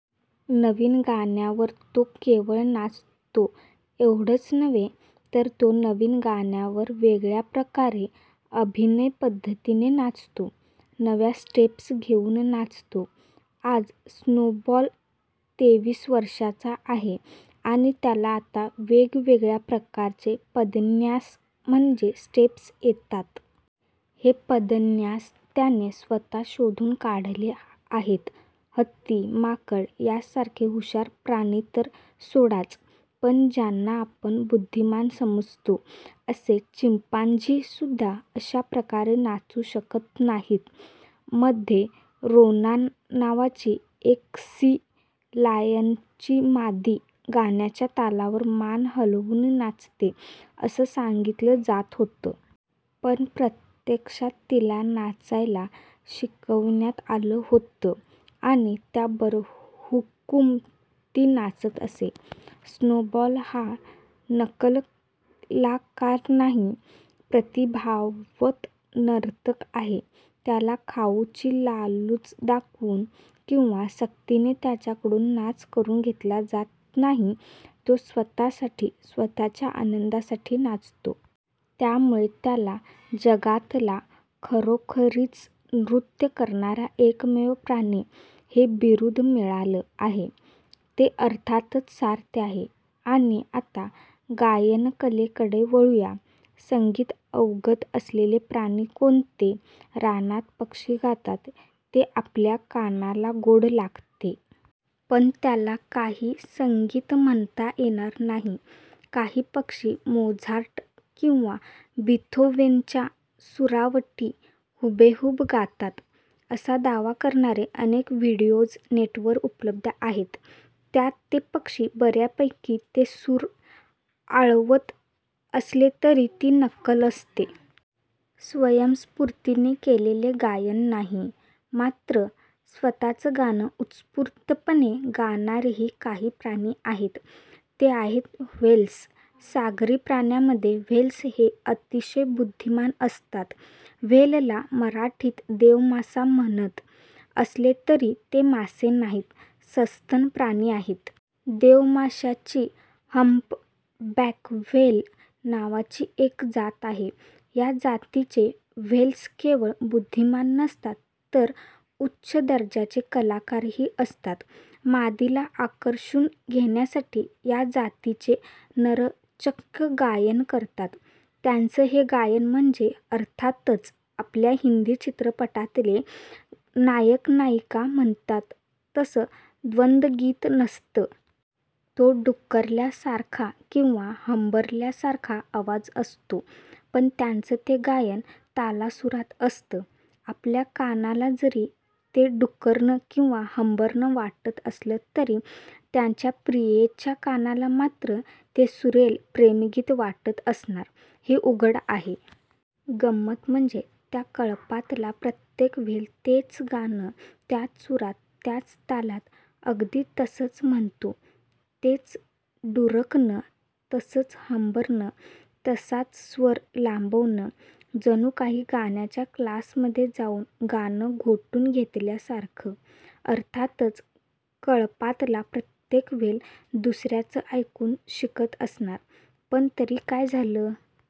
नवीन गाण्यावर तो केवळ नाचतो एवढंच नव्हे, तर तो नवीन गाण्यांवर वेगळ्या प्रकारे, अभिनव पद्धतीने नाचतो. नव्या स्टेप्स घेऊन नाचतो. आज स्नोबॉल तेवीस वर्षांचा आहे आणि त्याला आता वेगवेगळ्या प्रकारचे पदन्यास म्हणजे स्टेप्स येतात. हे पदन्यास त्याने स्वतः शोधून काढले आहेत. हत्ती, माकड यासारखे हुशार प्राणी तर सोडाच, पण ज्यांना आपण बुद्धिमान समजतो असे चिपॅन्झीसुद्धा अशा प्रकारे नाचू शकत नाहीत. मध्ये 'रोनान' नावाची एक सी लायनची मादी गाण्याच्या तालावर मान हलवून 'नाचते' असं सांगितलं जात होतं. पण प्रत्यक्षात तिला नाचायला शिकवण्यात आलं होतं आणि त्याबरहुकूम ती नाचत असे. स्नोबॉल हा नकलाकार नाही, प्रतिभावंत नर्तक आहे. त्याला खाऊची लालूच दाखवून किंवा सक्तीने त्याच्याकडून नाच करून घेतला जात नाही. तो स्वतःसाठी, स्वतःच्या आनंदासाठी नाचतो. त्यामुळे त्याला 'जगातला खरोखरीच नृत्य करणारा एकमेव प्राणी' हे बिरुद मिळालं आहे. ते अर्थातच सार्थ आहे. आणि आता गायनकलेकडे वळूया. संगीत अवगत असलेले प्राणी कोणते? रानात पक्षी गातात. ते आपल्या कानाला गोड लागतं. पण त्याला काही संगीत म्हणता येणार नाही. काही पक्षी मोझार्ट किंवा बीथोवेनच्या सुरावटी हुबेहूब गातात, असा दावा करणारे अनेक व्हिडिओज नेटवर उपलब्ध आहेत. त्यात ते पक्षी बर्यापैकी ते सूर आळवत असले तरी ती नक्कल असते. स्वयंस्फूर्तीने केलेले गायन नाही. मात्र स्वतःचं गाणं उत्स्फूर्तपणे गाणारेही काही प्राणी आहेत. ते आहेत व्हेल्स. सागरी प्राण्यामध्ये व्हेल्स हे अतिशय बुद्धिमान असतात. व्हेलला मराठीत देवमासा म्हणत असले तरी ते मासे नाहीत, सस्तन प्राणी आहेत. देवमाशांची हम्पबॅक व्हेल नावाची एक जात आहे. या जातीचे व्हेल्स केवळ बुद्धिमान नसतात, तर उच्च दर्जाचे कलाकारही असतात. मादीला आकर्षून घेण्यासाठी या जातीचे नर चक्क गायन करतात. त्यांचं हे गायन म्हणजे अर्थातच आपल्या हिन्दी चित्रपटातले नायक-नायिका म्हणतात तसं द्वंदगीत नसतं. तो डुरकल्यासारखा किंवा हंबरल्यासारखा आवाज असतो. पण त्यांचं ते गायन तालासुरात असतं. आपल्या कानाला जरी ते डुरकणं किंवा हंबरणं वाटत असलं तरी त्याच्या प्रियेच्या कानाला मात्र ते सुरेल प्रेमगीत वाटत असणार हे उघड आहे. गंमत म्हणजे त्या कळपातला प्रत्येक व्हेल तेच गाणं, त्याच सुरांत, त्याच तालात, अगदी तस्संच म्हणतो. तेच डुरकणं, तसंच हंबरणं, तसाच स्वर लांबवणं. जणू काही गाण्याच्या क्लासमध्ये जाऊन गाणं घोटून घेतल्यासारखं! अर्थातच कळपातला प्रत्येक व्हेल दुसर्याचं ऐकून शिकत असणार. पण तरी काय झालं?